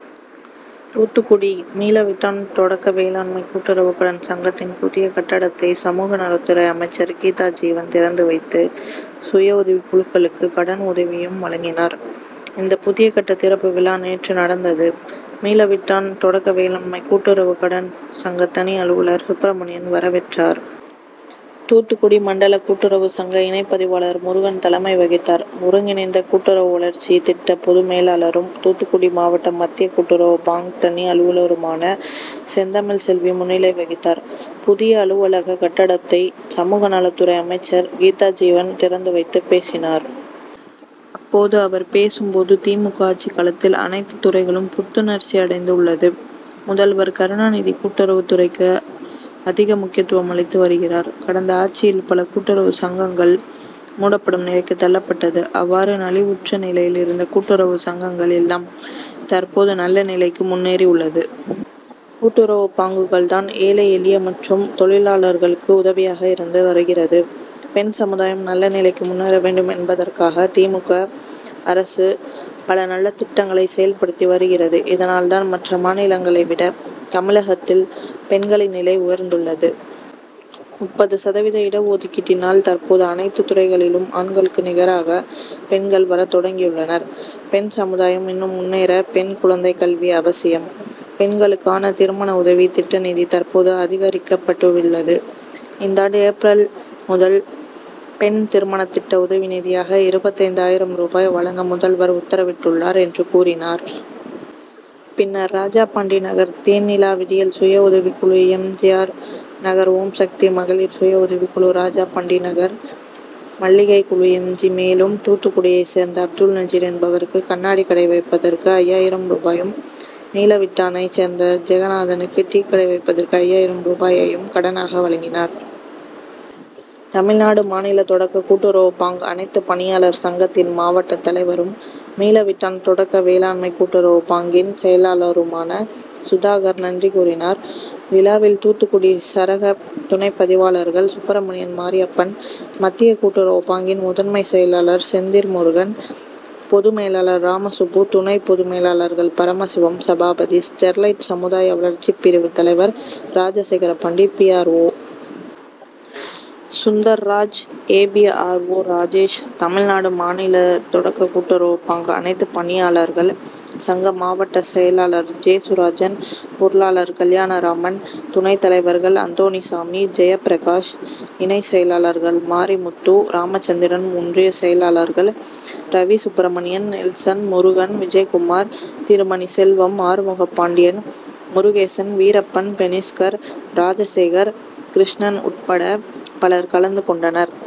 தூத்துக்குடி: மீளவிட்டான் தொட க்க வேளாண்மை கூட்டுறவு கடன் சங்கத்தின் புதிய கட்டடத்தை சமூக நலத்துறை அமைச்சர் கீதாஜீவன் திறந்து வைத்து சுய உதவி குழுக்களுக்கு கடன் உதவியையும் வழங்கினார். இந்த புதிய கட்ட திறப்பு விழா நேற்று நடந்தது. மீளவிட்டான் தொடக்க வேளாண்மை கூட்டுறவு கடன் சங்க தனி அலுவலர் சுப்பிரமணியன் வரவேற்றார். தூத்துக்குடி மண்டல கூட்டுறவு சங்க இணைப்பதிவாளர் முருகன் தலைமை வகித்தார். ஒருங்கிணைந்த கூட்டுறவு வளர்ச்சி திட்ட பொதுமேலாளரும் தூத்துக்குடி மாவட்ட மத்திய கூட்டுறவு பாங்க் தனி அலுவலருமான செந்தமிழ் செல்வி முன்னிலை வகித்தார். புதிய அலுவலக கட்டடத்தை சமூக நலத்துறை அமைச்சர் கீதாஜீவன் திறந்து வைத்து பேசினார். அப்போது அவர் பேசும்போது திமுக. ஆட்சி காலத்தில் அனைத்து துறைகளும் புத்துணர்ச்சி அடைந்து உள்ளது. முதல்வர் கருணாநிதி கூட்டுறவு துறைக்கு அதிக முக்கியத்துவம் அளித்து வருகிறார். கடந்த ஆட்சியில் பல கூட்டுறவு சங்கங்கள் மூடப்படும் நிலைக்கு தள்ளப்பட்டது. அவ்வாறு நலிவுற்ற நிலையில் இருந்த கூட்டுறவு சங்கங்கள் எல்லாம் தற்போது நல்ல நிலைக்கு முன்னேறி உள்ளது. கூட்டுறவு பாங்குகள் தான் ஏழை எளிய மற்றும் தொழிலாளர்களுக்கு உதவியாக இருந்து வருகிறது. பெண் சமுதாயம் நல்ல நிலைக்கு முன்னேற வேண்டும் என்பதற்காக திமுக. அரசு பல நல்ல திட்டங்களை செயல்படுத்தி வருகிறது. இதனால் தான் மற்ற மாநிலங்களை விட தமிழகத்தில் பெண்களின் நிலை உயர்ந்துள்ளது. முப்பது சதவீத இடஒதுக்கீட்டினால் தற்போது அனைத்து துறைகளிலும் ஆண்களுக்கு நிகராக பெண்கள் வரத்தொடங்கியுள்ளனர். பெண் சமுதாயம் இன்னும் முன்னேற பெண் குழந்தை கல்வி அவசியம். பெண்களுக்கான திருமண உதவி திட்ட நிதி தற்போது அதிகரிக்கப்பட்டுள்ளது. இந்தாண்டு ஏப்ரல் முதல் பெண் திருமண திட்ட உதவி நிதியாக இருபத்தைந்து ஆயிரம் ரூபாய் வழங்க முதல்வர் உத்தரவிட்டுள்ளார் என்று கூறினார். பின்னர் ராஜபாண்டி நகர் தேன்நிலா விடியல் சுய உதவி குழு M. G. R. Nagar Omsakthi மகளிர் சுய உதவி குழு ராஜபாண்டி நகர் மல்லிகை குழு எம். ஜி. மேலும் தூத்துக்குடியை சேர்ந்த அப்துல் நஜீர் என்பவருக்கு கண்ணாடி கடை வைப்பதற்கு ஐயாயிரம் ரூபாயும் மீளவிட்டானை சேர்ந்த ஜெகநாதனுக்கு டீ கடை வைப்பதற்கு ஐயாயிரம் ரூபாயையும் கடனாக வழங்கினார். தமிழ்நாடு மாநில தொடக்க கூட்டுறவு பாங்க் அனைத்து பணியாளர் சங்கத்தின் மாவட்ட தலைவரும் மீளவிட்டான் தொடக்க வேளா ண்மை கூட்டுறவு பாங்க்கின் செயலாளருமான சுதாகர் நன்றி கூறினார். விழாவில் தூத்துக்குடி சரக துணைப்பதிவாளர்கள் சுப்பிரமணியன் மாரியப்பன் மத்திய கூட்டுறவு பாங்கின் முதன்மை செயலாளர் செந்தில்முருகன் பொதுமேலாளர் ராமசுப்பு துணை பொதுமேலாளர்கள் பரமசிவம் சபாபதி ஸ்டெர்லைட் சமுதாய வளர்ச்சி பிரிவு தலைவர் ராஜசேகரபாண்டி பிஆர்ஓ. சுந்தர்ராஜ் ஏபிஆர்ஓ. ராஜேஷ் தமிழ்நாடு மாநில தொடக்க கூட்டுறவு பாங்க் அனைத்துப்பணியாளர்கள் சங்க மாவட்ட செயலாளர் ஜேசுராஜன் பொருளாளர் கல்யாணராமன் துணைத்தலைவர்கள் அந்தோணிசாமி ஜெயபிரகாஷ் இணைச் செயலாளர்கள் மாரிமுத்து ராமச்சந்திரன் ஒன்றிய செயலாளர்கள் ரவிசுப்பிரமணியன் நெல்சன் முருகன் விஜயகுமார் திருமணிச் செல்வம் ஆறுமுகபாண்டியன் முருகேசன் வீரப்பன் பெனிஸ்கர் ராஜசேகர் கிருஷ்ணன் உட்பட பலர் கலந்து கொண்டனர்.